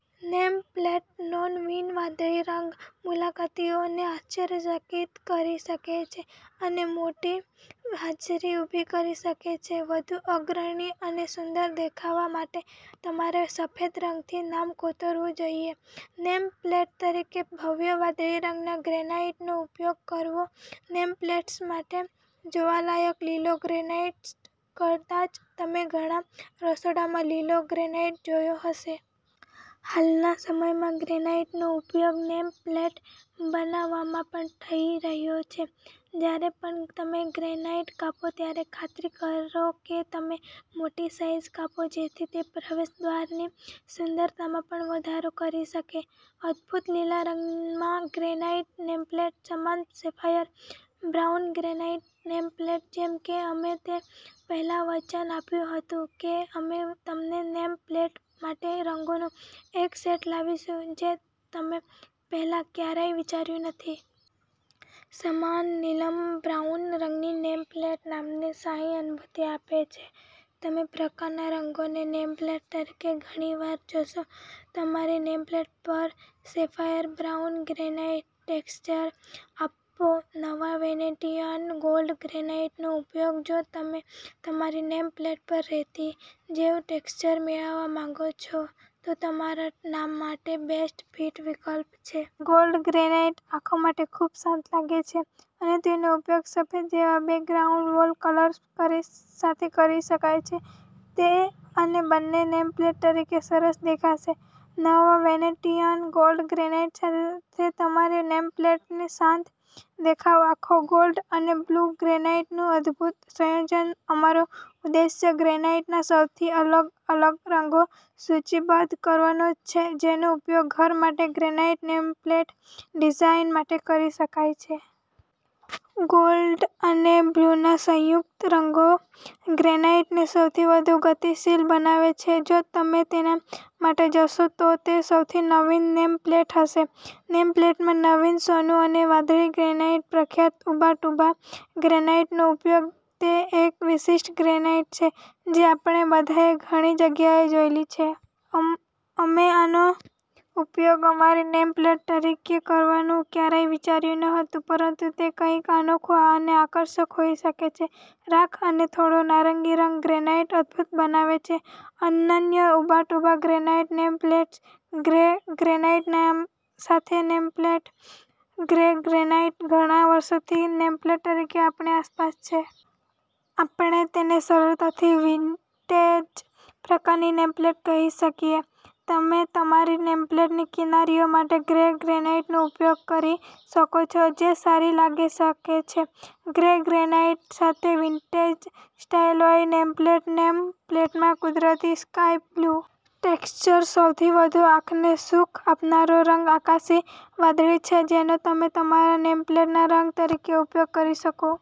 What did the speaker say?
Name પ્લેટનોનવીન વાદળી રંગ મુલાકાતીઓને આશ્ચર્યચકિત કરી શકે છે અને મોટી હાજરી ઉભી કરી શકે છે. વધુ અગ્રણી અને સુંદર દેખાવા માટે તમારે સફેદ રંગથી નામ કોતરવું જોઈએ. નેમપ્લેટ તરીકે ભવ્ય વાદળી રંગના ગ્રેનાઈટનો ઉપયોગ કરો નેમપ્લેટ્સ માટે જોવાલાયક લીલો ગ્રેનાઈટ કદાચ તમે ઘણા રસોડામાં લીલો ગ્રેનાઈટ જોયો હશે. હાલના સમયમાં ગ્રેનાઈટનો ઉપયોગ નેમ પ્લેટ બનાવવામાં પણ થઈ રહ્યો છે. જ્યારે પણ તમે ગ્રેનાઈટ કાપો ત્યારે ખાતરી કરો કે તમે મોટી સાઈઝ કાપો જેથી તે પ્રવેશદ્વારની સુંદરતામાં પણ વધારો કરી શકે. અદભૂત લીલા રંગમાં ગ્રેનાઈટ નેમપ્લેટ સમાન sapphire brown granite name plate જેમ કે અમે તે પહેલાં વચન આપ્યું હતું કે અમે તમને નેમ પ્લેટ માટે રંગોનો એક સેટ લાવીશું જે તમે પહેલાં ક્યારેય વિચાર્યું નથી. સમાન નીલમ બ્રાઉન રંગની નેમ પ્લેટ નામને શાહી અનુભૂતિ આપે છે. તમે પ્રકારના રંગોને નેમપ્લેટ તરીકે ઘણી વાર જોશો. તમારી નેમપ્લેટ પર સેફાયર બ્રાઉન ગ્રેનાઈટ ટેક્સચર આપો નવા વેનેટીયન ગોલ્ડ ગ્રેનાઈટનો ઉપયોગ જો તમે તમારી નેમ પ્લેટ પર રેતી જેવું ટેક્સચર મેળવવા માંગો છો તો તમારા માટે બેસ્ટ ફિટ વિકલ્પ છે. ગોલ્ડ ગ્રેનાઈટ આંખો માટે ખૂબ શાંત લાગે છે અને તેનો ઉપયોગ સફેદ જેવા બેકગ્રાઉન્ડ વોલ કલર્સ સાથે કરી શકાય છે. તે અને બંને નેમ પ્લેટ તરીકે સરસ દેખાશે. નવા વેનેટીયન ગોલ્ડ ગ્રેનાઈટ સાથે તમારી નેમપ્લેટને શાંત દેખાવ આપો ગોલ્ડન અને બ્લુ ગ્રેનાઈટનું અદભૂત સંયોજન અમારો ઉદ્દેશ્ય ગ્રેનાઈટના સૌથી અલગ અલગ રંગોને સૂચિબદ્ધ કરવાનો છે જેનો ઉપયોગ ઘર માટે ગ્રેનાઈટ નેમ પ્લેટ ડિઝાઇન માટે કરી શકાય છે. ગોલ્ડન અને બ્લુના સંયુક્ત રંગો ગ્રેનાઈટને સૌથી વધુ ગતિશીલ બનાવે છે. જો તમે તેના માટે જશો તો તે સૌથી નવીન નેમ પ્લેટ હશે. નેમપ્લેટમાં નવીન સોનું અને વાદળી ગ્રેનાઈટ પ્રખ્યાત ઉબા ટુબા ગ્રેનાઈટનો ઉપયોગ તે એક વિશિષ્ટ ગ્રેનાઈટ છે જે આપણે બધાએ ઘણી જગ્યાએ જોયેલી છે. અમે આનો ઉપયોગ અમારી નેમ પ્લેટ તરીકે કરવાનું ક્યારેય વિચાર્યું નહોતું પરંતુ તે કંઈક અનોખું અને આકર્ષક હોઈ શકે છે. રાખ અને થોડો નારંગી રંગ ગ્રેનાઈટને અદભૂત બનાવે છે. અનન્ય Ubatuba granite nameplates grey granite સાથે નેમ પ્લેટ ગ્રે ગ્રેનાઈટ ઘણા વર્ષોથી નેમપ્લેટ તરીકે આપણી આસપાસ છે. આપણે તેને સરળતાથી વિન્ટેજ પ્રકારની નેમપ્લેટ કહી શકીએ. તમે તમારી નેમપ્લેટની કિનારીઓ માટે ગ્રે ગ્રેનાઈટનો ઉપયોગ કરી શકો છો, જે સારી લાગી શકે છે. ગ્રે ગ્રેનાઈટ સાથે વિન્ટેજ-સ્ટાઈલવાળી નેમપ્લેટ નેમ પ્લેટમાં કુદરતી સ્કાય-બ્લુ ટેક્સચર સૌથી વધુ આંખને સુખ આપનારો રંગ આકાશી વાદળી છે જેનો તમે તમારા નેમપ્લેટના રંગ તરીકે ઉપયોગ કરી શકો